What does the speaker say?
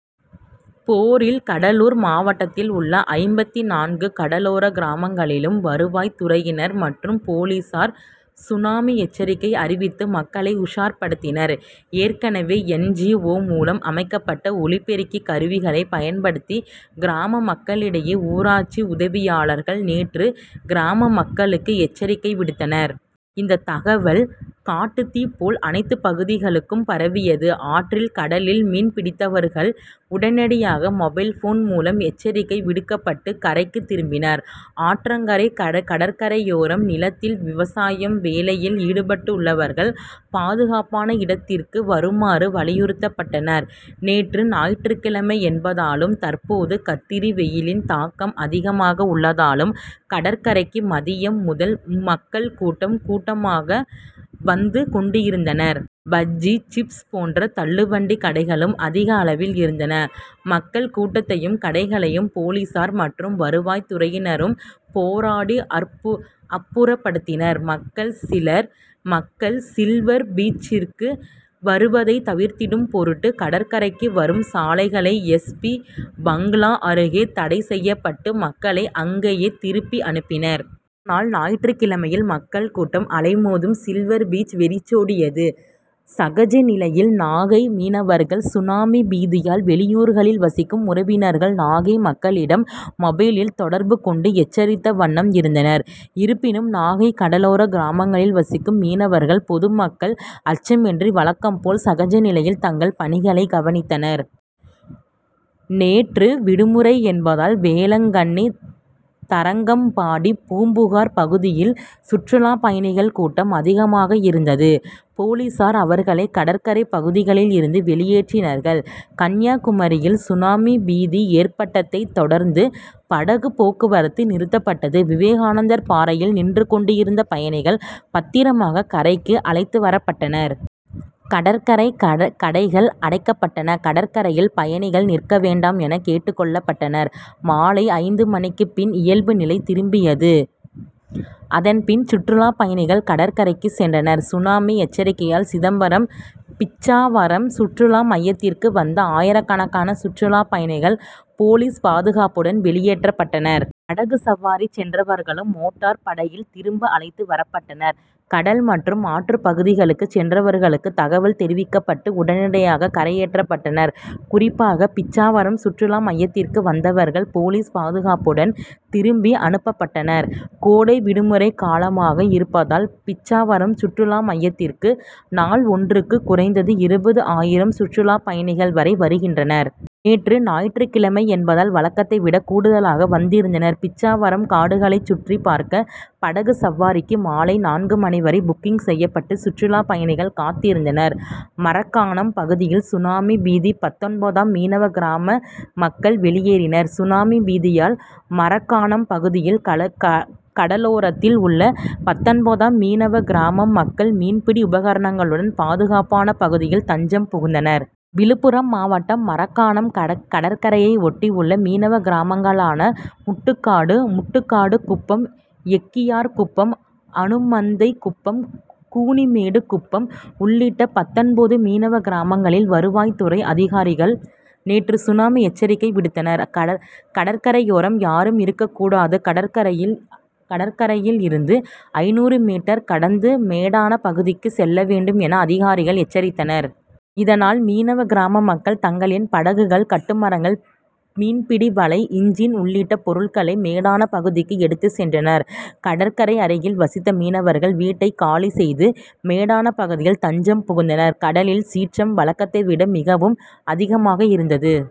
பேரில் கடலூர் மாவட்டத்தில் உள்ள ஐம்பத்தி நான்கு கடலோர கிராமங்களிலும் வருவாய்த் துறையினர் மற்றும் போலீசார் சுனாமி எச்சரிக்கை அறிவித்து மக்களை உஷார்படுத்தினர். ஏற்கனவே என். ஜி. ஓ. மூலம் அமைக்கப்பட்ட ஒலிப்பெருக்கி கருவிகளைப் பயன்படுத்தி கிராம மக்களிடையே ஊராட்சி உதவியாளர்கள் நேற்று கிராம மக்களுக்கு எச்சரிக்கை விடுத்தனர். இந்த தகவல் காட்டுத்தீ போல் அனைத்துப் பகுதிக்கும் பரவியது. ஆற்றில் கடலில் மீன் பிடித்தவர்கள் உடனடியாக மொபைல் போன் மூலம் எச்சரிக்கை விடுக்கப்பட்டு கரைக்குத் திரும்பினர். ஆற்றங்கரை கடற்கரையோரம் நிலத்தில் விவசாய வேலையில் ஈடுபட்டுள்ளவர்கள் பாதுகாப்பான இடத்திற்கு வருமாறு வலியுறுத்தப்பட்டனர். நேற்று ஞாயிற்றுக் கிழமை என்பதாலும் தற்போது கத்திரி வெயிலின் தாக்கம் அதிகமாக உள்ளதாலும் கடற்கரைக்கு மதியம் முதல் மக்கள் கூட்டம் கூட்டமாக வந்து கொண்டிருந்தனர். பஜ்ஜி சிப்ஸ் போன்ற தள்ளு வண்டி கடைகளும் அதிக அளவில் இருந்தன. மக்கள் கூட்டத்தையும் கடைகளையும் போலீசார் மற்றும் வருவாய்த் துறையினரும் போராடி அப்புறப்படுத்தினர். மக்கள் சில்வர் பீச்சிற்கு வருவதை தவிர்த்திடும் பொருட்டு கடற்கரைக்கு வரும் சாலைகளை எஸ். பி. பங்களா அருகே தடை செய்யப்பட்டு மக்களை அங்கேயே திருப்பி அனுப்பினர். இதனால் ஞாயிற்றுக் கிழமையில் மக்கள் கூட்டம் அலைமோதும் சில்வர் பீச் வெறிச்சோடியது. சகஜ நிலையில் நாகை மீனவர்கள் சுனாமி பீதியால் வெளியூர்களில் வசிக்கும் உறவினர்கள் நாகை மக்களிடம் மொபைலில் தொடர்பு கொண்டு எச்சரித்த வண்ணம் இருந்தனர். இருப்பினும் நாகை கடலோர கிராமங்களில் வசிக்கும் மீனவர்கள் பொதுமக்கள் அச்சமின்றி வழக்கம் போல் சகஜ நிலையில் தங்கள் பணிகளை கவனித்தனர். நேற்று விடுமுறை என்பதால் வேளாங்கண்ணி தரங்கம்பாடி பூம்புகார் பகுதியில் சுற்றுலாப் பயணிகள் கூட்டம் அதிகமாக இருந்தது. போலீசார் அவர்களை கடற்கரை பகுதிகளில் இருந்து வெளியேற்றினர். கன்னியாகுமரியில் சுனாமி பீதி ஏற்பட்டதை தொடர்ந்து படகு போக்குவரத்து நிறுத்தப்பட்டது. விவேகானந்தர் பாறையில் நின்று கொண்டிருந்த பயணிகள் பத்திரமாக கரைக்கு அழைத்து வரப்பட்டனர். கடற்கரை கடைகள் அடைக்கப்பட்டன. கடற்கரையில் பயணிகள் நிற்க வேண்டாம் என கேட்டுக் கொள்ளப்பட்டனர். மாலை ஐந்து மணிக்கு பின் இயல்புநிலை திரும்பியது. அதன்பின் சுற்றுலாப் பயணிகள் கடற்கரைக்கு சென்றனர். சுனாமி எச்சரிக்கையால் சிதம்பரம் பிச்சாவரம் சுற்றுலா மையத்திற்கு வந்த ஆயிரக்கணக்கான சுற்றுலாப் பயணிகள் போலீஸ் பாதுகாப்புடன் வெளியேற்றப்பட்டனர். படகு சவாரி சென்றவர்களும் மோட்டார் படகுகளில் திரும்ப அழைத்து வரப்பட்டனர். கடல் மற்றும் ஆற்றுப் பகுதிக்கு சென்றவர்களுக்குத் தகவல் தெரிவிக்கப்பட்டு உடனடியாக கரையேற்றப்பட்டனர். குறிப்பாக பிச்சாவரம் சுற்றுலா மையத்திற்கு வந்தவர்கள் போலீஸ் பாதுகாப்புடன் திருப்பி அனுப்பப்பட்டனர். கோடை விடுமுறை காலமாக இருப்பதால் பிச்சாவரம் சுற்றுலா மையத்திற்கு நாள் ஒன்றுக்கு குறைந்தது இருபது ஆயிரம் சுற்றுலாப் பயணிகள் வரை வருகின்றனர். நேற்று ஞாயிற்று கிழமை என்பதால் வழக்கத்தை விட கூடுதலாக வந்திருந்தனர். பிச்சாவரம் காடுகளை சுற்றிப் பார்க்க படகு சவாரிக்கு மாலை நான்கு மணி வரை புக்கிங் செய்யப்பட்டு சுற்றுலா பயணிகள் காத்திருந்தனர். மரக்காணம் பகுதியில் சுனாமி பீதி பத்தொன்பது மீனவ கிராம மக்கள் வெளியேறினர் சுனாமி பீதியால் மரக்காணம் பகுதியில் கடலோரத்தில் உள்ள பத்தொன்பது மீனவ கிராம மக்கள் மீன்பிடி உபகரணங்களுடன் பாதுகாப்பான பகுதியில் தஞ்சம் புகுந்தனர். விழுப்புரம் மாவட்டம் மரக்காணம் கடற்கரையையொட்டி உள்ள மீனவ கிராமங்களான முட்டுக்காடு முட்டுக்காடு குப்பம் எக்கியார்குப்பம் அனுமந்தை குப்பம் கூனிமேடு குப்பம் உள்ளிட்ட பத்தொன்பது மீனவ கிராமங்களில் வருவாய்த் துறை அதிகாரிகள் நேற்று சுனாமி எச்சரிக்கை விடுத்தனர். கடற்கரையோரம் யாரும் இருக்கக் கூடாது கடற்கரையில் இருந்து ஐநூறு மீட்டர் கடந்து மேடான பகுதிக்கு செல்ல வேண்டும் என அதிகாரிகள் எச்சரித்தனர். இதனால் மீனவ கிராம மக்கள் தங்களின் படகுகள் கட்டுமரங்கள் மீன்பிடி வலை இன்ஜின் உள்ளிட்ட பொருட்களை மேடான பகுதிக்கு எடுத்துச் சென்றனர். கடற்கரை அருகில் வசித்த மீனவர்கள் வீட்டை காலி செய்து மேடான பகுதியில் தஞ்சம் புகுந்தனர். கடலின் சீற்றம் வழக்கத்தைவிட மிகவும் அதிகமாக இருந்தது.